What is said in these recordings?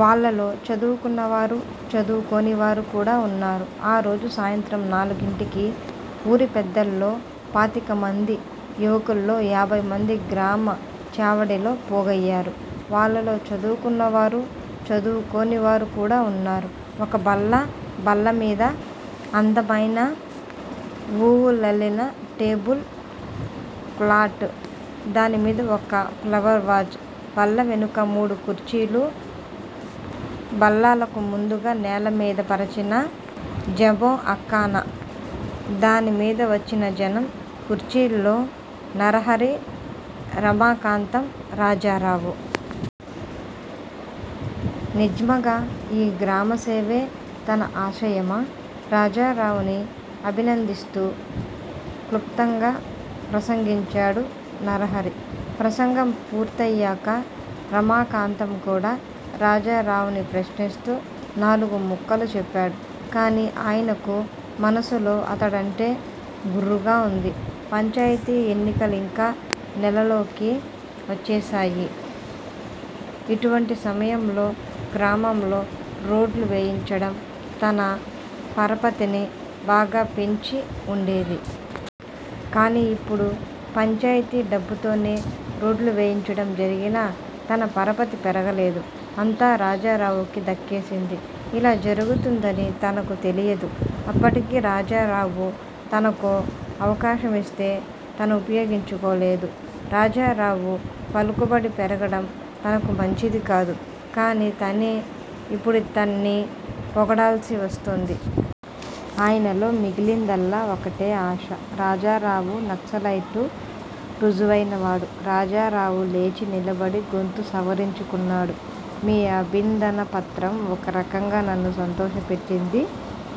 వాళ్ళలో చదువుకున్న వారూ, చదువుకోనివారూ, కూడా ఉన్నారు. ఆ రోజు సాయంత్రం నాలుగింటికి _ ఊరి పెద్దలో పాతికమందీ, యువకుల్లో యాభైమందీ గ్రామా చావడిలో పోగయ్యారు. వాళ్ళలో చదువుకున్న వారూ, చదువుకొనివారూ కూడా ఉన్నారు. ఒక బల్ల, బల్లమీద అందమయిన వూవులల్లిన టేబుల్ క్లాట్, దానిమీద ఒక ప్లవర్ వాజ్, బల్లవెనుక మూడు కుర్చీలు బల్లాలకు ముందుగా నేలమీద పరచిన జమోఅకానా _ దానిమీద వచ్చిన జనం, కుర్చీల్లో నరహరి, రమాకాంతం, రాజారావు. నిజ్మగా ఈ గ్రామసేవే తన ఆశయమా? రాజారావుని అభినందిస్తూ క్లుప్తంగా ప్రసంగించాడు నరహరి. ప్రసంగం పూర్తయ్యాక రమాకాంతం కూడా రాజరావుని ప్రశ్నిస్తూ నాలుగు ముక్కలు చెప్పాడు. కానీ ఆయనకు మనసులో అతడంటే గుర్రుగా వుంది. పంచాయితీ ఎన్నికలింక నేలల్లోకి వచ్చేశాయి. ఇటువంటి సమయంలో గ్రామంలో రోడ్డ్లు వేయించడం తన పరపతని బాగా పెంచి ఉండేది. కానీ యిప్పుడు పంచాయితీ డబ్బుతోనే రోడ్డ్లు వేయించడం జరిగినా _ తన పరపతి పెరగలేదు. అంతా రాజారావుకి దక్కే సింది. ఇలా జరుగుతుందని తనకు తెలియదు. అప్పటికీ రాజారావు తనకో అవకాశమిస్తే తనుపయోగించుకోలేదు. రాజారావు పలుకుబడి పెరగడం తనకు మంచిదికాదు. కానీ తనే ఇప్పుతడ్ని పొగడాల్సి వస్తోంది. ఆయనలో మిగిలిందల్లా ఒక్కటే ఆశ __ రాజారావు నక్సలైటు రుజువుయినవాడు రాజారావు లేచి నిలబడి గొంతు సవరించుకున్నాడు. మీ అభింధన పత్రం ఒక రకంగా నన్ను సంతోషపెట్టింది.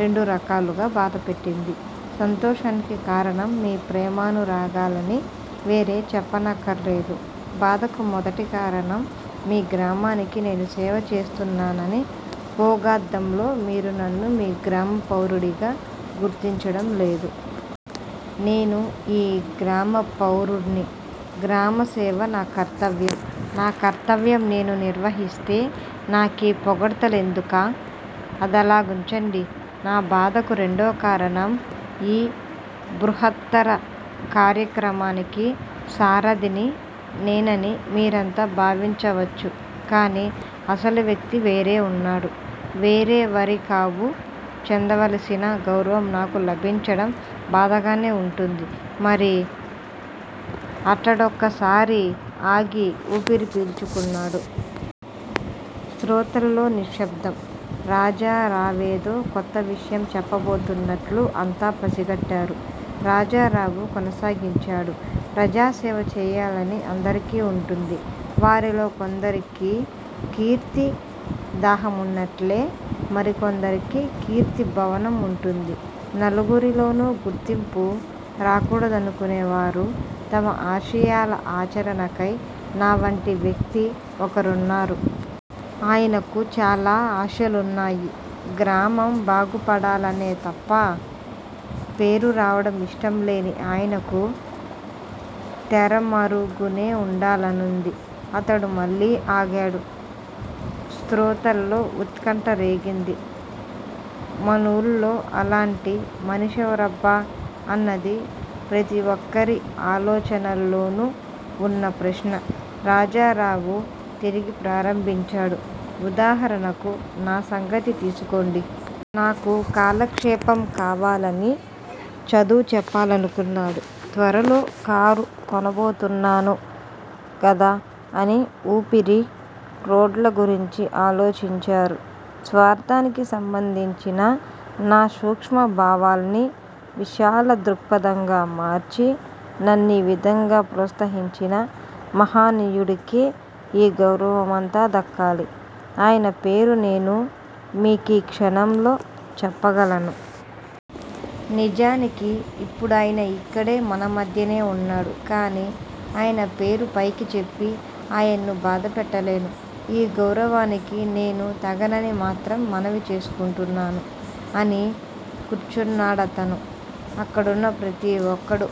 రెండు రకాలుగా బాధపెట్టింది. సంతోషానికి కారణం మీ ప్రేమానురాగాలని వేరే చెప్పనక్కర్లేదు బాధకు మొదటి కారణం __ మీ గ్రామానికి నేను సేవ చేస్తున్నానని పోగాద్దంలో మీరు నన్ను మీ గ్రామ పౌరుడిగా గుర్తించడం లేదు. నేనూ ఈ గ్రామ పౌరుడ్ని. గ్రామ సేవ నా కర్తవ్యం. నా కర్తవ్యం నేను నిర్వహిస్తే నాకీ పొగడ్తలెందుక? అదలా గుంచండి. నా బాధకు రెండోకారణం _ ఈ బృహత్తర కార్యక్రమానికి సారధిని నేనని మీరంతా భావించవచ్చు కానీ, అసలు వ్యక్తి వేరే ఉన్నాడు. వేరేవరికావు చెందవలసిన గౌరవం నాకు లభించడం బాధగానే ఉంటుంది మరి అటడోకసారి ఆగి ఊపిరి పీల్చుకున్నాడు. శ్రోతల్లో నిశ్శబ్దం. రాజరావేదో కొత్త విషయం చెప్పబోతున్నట్లు అంతా పసిగట్టారు. రాజారావు కొనసాగించాడు. __ ప్రజాసేవ చేయాలని అందరికీ ఉంటుంది. వారిలో కొందరికి కీర్తి దాహమున్నట్ట్లే, మరి కొందరికి కీర్తిభవనం ఉంటుంది. నలుగురిలోనూ గుర్తింపు రాకూడదనుకునేవారు __ తమ ఆశయాల ఆచరణకై నావంటి వ్యక్తి ఒకరున్నారు. ఆయనకూ చాలా ఆశలున్నాయి. గ్రామం బాగుపడాలనే తప్ప, పేరురావడం ఇష్టంలేని ఆయనకు తెరమరుగునే వుండాలనుంది __ అతడు మళ్ళీ ఆగాడు. శ్రోతల్లో ఉత్కంఠ రేగింది. మనూళ్ళో అలాంటి మనిషివరబ్బా అన్నది ప్రతి ఒక్కరి ఆలోచనల్లోనూ ఉన్న ప్రశ్న. రాజరావు తిరిగి ప్రారంభించాడు _ ఉదాహరణకు నా సంగతి తీసుకొండి. నాకు కాలక్షేపం కావాలని చదువుచెప్పాలనుకున్నాడు. త్వరలో కారు కొనబోతున్నాను గదా అని ఊపిరి రోడ్లగురించి ఆలోచించారు. స్వార్ధానికి సంబంధించిన నా సూక్ష్మభావాల్ని __ విశాల దృక్పథంగా మార్చి __ నన్నీవిధంగా ప్రోత్సహించిన మహనీయుడికే ఈ గౌరవమంతా దక్కాలి. అయన పేరు నేను మీకీ క్షణంలో చెప్పగలను. నిజాని కిప్పుడాయన యిక్కడే, మన మధ్యనే ఉన్నాడు. కానీ అయన పేరు పైకి చెప్పి, ఆయన్ను బాధపెట్టలేను. ఈ గౌరవానికి నేను తగనని మాత్రం మనవి చేసుకుంటున్నాను __ అని కూర్చోన్నాడతను. అక్కడున్న ప్రతి ఒక్కడూ